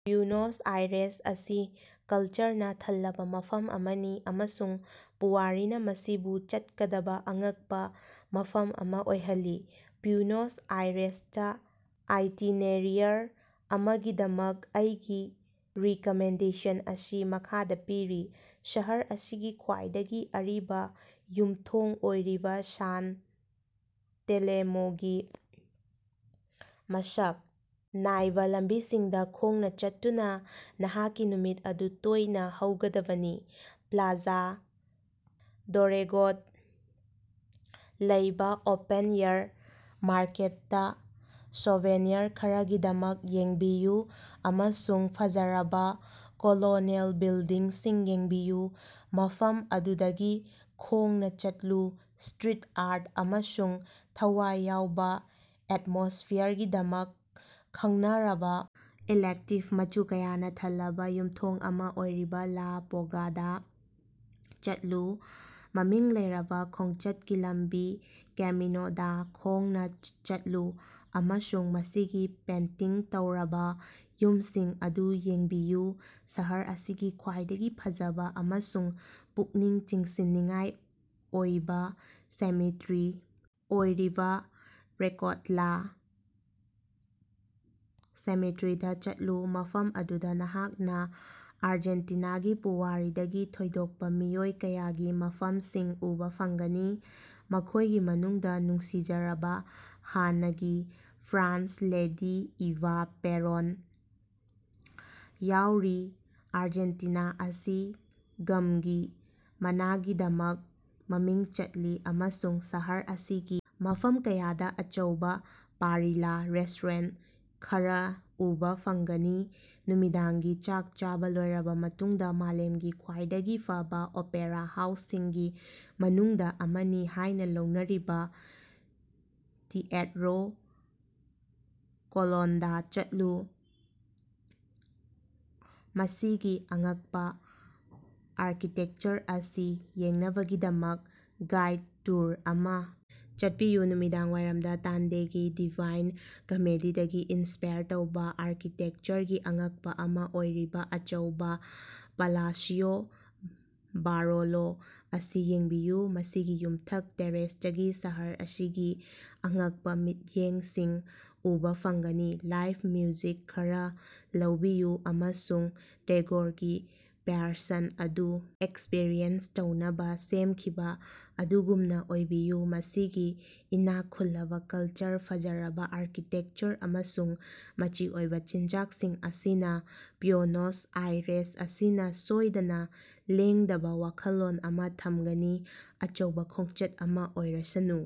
Buenos Aires ꯑꯁꯤ ꯀꯜꯆꯔꯅꯥ ꯊꯜꯂꯕꯥ ꯃꯐꯝ ꯑꯃꯅꯤ, ꯑꯃꯁꯨꯡ ꯄꯨꯋꯥꯔꯤꯅꯥ ꯃꯁꯤꯕꯨ ꯆꯠꯀꯗꯕꯥ ꯑꯉꯛꯄꯥ ꯃꯐꯝ ꯑꯃꯥ ꯑꯣꯏꯍꯜꯂꯤ꯫ ꯕ꯭ꯌꯨꯅꯣꯁ ꯑꯥꯏꯔꯦꯁꯇꯥ ꯑꯥꯏꯇꯤꯅꯦꯔꯤꯌꯔ ꯑꯃꯒꯤꯗꯃꯛ ꯑꯩꯒꯤ ꯔꯤꯀꯥꯃꯦꯟꯗꯦꯁꯟ ꯑꯁꯤ ꯃꯈꯥꯗꯥ ꯄꯤꯔꯤ: ꯁꯍꯔ ꯑꯁꯤꯒꯤ ꯈ꯭ꯋꯥꯏꯗꯒꯤ ꯑꯔꯤꯕꯥ ꯌꯨꯝꯊꯣꯡ ꯑꯣꯏꯔꯤꯕꯥ ꯁꯥꯟ ꯇꯦꯂꯦꯃꯣꯒꯤ ꯃꯁꯛ ꯅꯥꯏꯕꯥ ꯂꯝꯕꯤꯁꯤꯡꯗꯥ ꯈꯣꯡꯅꯥ ꯆꯠꯇꯨꯅꯥ ꯅꯍꯥꯛꯀꯤ ꯅꯨꯃꯤꯠ ꯑꯗꯨ ꯇꯣꯢꯅꯥ ꯍꯧꯒꯗꯕꯅꯤ꯫ ꯄ꯭ꯂꯥꯖꯥ ꯗꯣꯔꯦꯒꯣ ꯂꯩꯕꯥ ꯑꯣꯄꯟ-ꯑꯦꯌꯔ ꯃꯥꯔꯀꯦꯠꯇꯥ ꯁꯣꯚꯦꯅꯤꯌꯔ ꯈꯔꯒꯤꯗꯃꯛ ꯌꯦꯡꯕꯤꯌꯨ ꯑꯃꯁꯨꯡ ꯐꯖꯔꯕꯥ ꯀꯣꯂꯣꯅꯤꯑꯦꯜ ꯕꯤꯜꯗꯤꯡꯁꯤꯡ ꯌꯦꯡꯕꯤꯌꯨ꯫ ꯃꯐꯝ ꯑꯗꯨꯗꯒꯤ ꯈꯣꯡꯅꯥ ꯆꯠꯂꯨ, ꯁꯇ꯭ꯔꯤꯠ ꯑꯥꯔꯠ ꯑꯃꯁꯨꯡ ꯊꯋꯥꯏ ꯌꯥꯎꯕꯥ ꯑꯦꯇꯃꯣꯁꯐꯤꯌꯥꯔꯒꯤꯗꯃꯛ ꯈꯪꯅꯔꯕꯥ ꯏꯂꯦꯛꯇꯤꯕ, ꯃꯆꯨ ꯀꯌꯥꯅꯥ ꯊꯜꯂꯕꯥ ꯌꯨꯃꯊꯣꯡ ꯑꯃꯥ ꯑꯣꯏꯔꯤꯕꯥ ꯂꯥ ꯕꯣꯀꯥꯗꯥ ꯆꯠꯂꯨ꯫ ꯃꯃꯤꯡ ꯂꯩꯔꯕꯥ ꯈꯣꯡꯆꯠꯀꯤ ꯂꯝꯕꯤ ꯀꯦꯃꯤꯅꯤꯇꯣꯗꯥ ꯈꯣꯡꯅꯥ ꯆꯠꯂꯨ ꯑꯃꯁꯨꯡ ꯃꯁꯤꯒꯤ ꯄꯦꯟꯇꯤꯡ ꯇꯧꯔꯕꯥ ꯌꯨꯝꯁꯤꯡ ꯑꯗꯨ ꯌꯦꯡꯕꯤꯌꯨ꯫ ꯁꯍꯔ ꯑꯁꯤꯒꯤ ꯈ꯭ꯋꯥꯏꯗꯒꯤ ꯐꯖꯕꯥ ꯑꯃꯁꯨꯡ ꯄꯨꯛꯅꯤꯡ ꯆꯤꯡꯁꯤꯟꯅꯤꯡꯉꯥꯏ ꯑꯣꯏꯕꯥ ꯁꯤꯃꯦꯇ꯭ꯔꯤ ꯑꯣꯏꯔꯤꯕꯥ ꯔꯦꯀꯣꯠꯂꯥ ꯁꯤꯃꯦꯇ꯭ꯔꯤꯗꯥ ꯆꯠꯂꯨ, ꯃꯐꯝ ꯑꯗꯨꯗꯥ ꯅꯍꯥꯛꯅꯥ ꯑꯔꯖꯦꯟꯇꯤꯅꯥꯒꯤ ꯄꯨꯋꯥꯔꯤꯗꯒꯤ ꯊꯣꯏꯗꯣꯛꯄꯥ ꯃꯤꯑꯣꯏ ꯀꯌꯥꯒꯤ ꯃꯐꯝꯁꯤꯡ ꯎꯕꯥ ꯐꯪꯒꯅꯤ, ꯃꯈꯣꯢꯒꯤ ꯃꯅꯨꯡꯗꯥ ꯅꯨꯡꯁꯤꯖꯔꯕꯥ ꯍꯥꯟꯅꯒꯤ ꯐꯥꯔꯁ꯭ꯠ ꯂꯦꯗꯤ ꯏꯚꯥ ꯄꯦꯔꯣꯟ ꯌꯥꯑꯣꯔꯤ꯫ ꯑꯔꯖꯦꯟꯇꯤꯅꯥ ꯑꯁꯤ ꯒꯝꯒꯤ ꯃꯅꯥꯒꯤꯗꯃꯛ ꯃꯃꯤꯡ ꯆꯠꯂꯤ ꯑꯃꯁꯨꯡ ꯁꯍꯔ ꯑꯁꯤꯒꯤ ꯃꯐꯝ ꯀꯌꯥꯗꯥ ꯑꯆꯧꯕꯥ ꯄꯥꯔꯤꯂꯥ ꯔꯦꯁꯇꯣꯔꯦꯟꯇ ꯈꯔꯥ ꯎꯕꯥ ꯐꯪꯒꯅꯤ꯫ ꯅꯨꯃꯤꯗꯥꯡꯒꯤ ꯆꯥꯛ ꯆꯥꯕꯥ ꯂꯣꯏꯔꯕꯥ ꯃꯇꯨꯡꯗꯥ ꯃꯥꯂꯦꯝꯒꯤ ꯈ꯭ꯋꯥꯏꯗꯒꯤ ꯐꯕꯥ ꯑꯣꯄꯦꯔꯥ ꯍꯥꯎꯁꯁꯤꯡꯒꯤ ꯃꯅꯨꯡꯗꯥ ꯑꯃꯅꯤ ꯍꯥꯢꯅꯥ ꯂꯧꯅꯔꯤꯕꯥ ꯇꯤꯑꯦꯠꯔꯣ ꯀꯣꯂꯣꯟꯗꯥ ꯆꯠꯂꯨ꯫ ꯃꯁꯤꯒꯤ ꯑꯉꯛꯄꯥ ꯑꯥꯔꯀꯤꯇꯦꯛꯆꯔ ꯑꯁꯤ ꯌꯦꯡꯅꯕꯒꯤꯗꯃꯛ ꯒꯥꯏꯗ ꯇꯨꯔ ꯑꯃꯥ ꯆꯠꯄꯤꯌꯨ꯫ ꯅꯨꯃꯤꯗꯥꯡꯋꯥꯏꯔꯝꯗꯥ, ꯗꯥꯟꯇꯦꯒꯤ ꯗꯤꯚꯥꯏꯟ ꯀꯃꯦꯗꯤꯗꯒꯤ ꯏꯟꯁꯄꯥꯏꯔ ꯇꯧꯕꯥ ꯑꯥꯔꯀꯤꯇꯦꯛꯆꯔꯒꯤ ꯑꯉꯛꯄꯥ ꯑꯃꯥ ꯑꯣꯏꯔꯤꯕꯥ ꯑꯆꯧꯕꯥ ꯄꯥꯂꯥꯁꯤꯑꯣ ꯕꯥꯔꯣꯂꯣ ꯑꯁꯤ ꯌꯦꯡꯕꯤꯌꯨ, ꯃꯁꯤꯒꯤ ꯌꯨꯝꯊꯛ ꯇꯦꯔꯦꯁꯇꯒꯤ ꯁꯍꯔ ꯑꯁꯤꯒꯤ ꯑꯉꯛꯄꯥ ꯃꯤꯠꯌꯦꯡꯁꯤꯡ ꯎꯕꯥ ꯐꯪꯒꯅꯤ꯫ ꯂꯥꯏꯕ ꯃ꯭ꯌꯨꯖꯤꯛ ꯈꯔꯥ ꯂꯧꯕꯤꯌꯨ ꯑꯃꯁꯨꯡ ꯇꯦꯉ꯭ꯒꯣꯒꯤ ꯄ꯭ꯌꯥꯁꯟ ꯑꯗꯨ ꯑꯦꯛꯁꯄ꯭ꯔꯤꯌꯦꯟꯁ ꯇꯧꯅꯕꯥ ꯁꯦꯝꯈꯤꯕꯥ ꯑꯗꯨꯒꯨꯝꯅꯥ ꯑꯣꯏꯕꯤꯌꯨ꯫ ꯃꯁꯤꯒꯤ ꯏꯅꯥꯛ ꯈꯨꯜꯂꯕꯥ ꯀꯜꯆꯔ, ꯐꯖꯔꯕꯥ ꯑꯥꯔꯀꯤꯇꯦꯛꯆꯔ ꯑꯃꯁꯨꯡ ꯃꯆꯤ ꯑꯣꯏꯕꯥ ꯆꯤꯟꯖꯥꯛꯁꯤꯡ ꯑꯁꯤꯅꯥ ꯕ꯭ꯌꯨꯅꯣꯁ ꯑꯥꯏꯔꯦꯁ ꯑꯁꯤꯅꯥ ꯁꯣꯏꯗꯅꯥ ꯂꯦꯡꯗꯕꯥ ꯋꯥꯈꯜꯂꯣꯟ ꯑꯃꯥ ꯊꯝꯒꯅꯤ꯫ ꯑꯆꯧꯕꯥ ꯈꯣꯡꯆꯠ ꯑꯃꯥ ꯑꯣꯏꯔꯁꯅꯨ꯫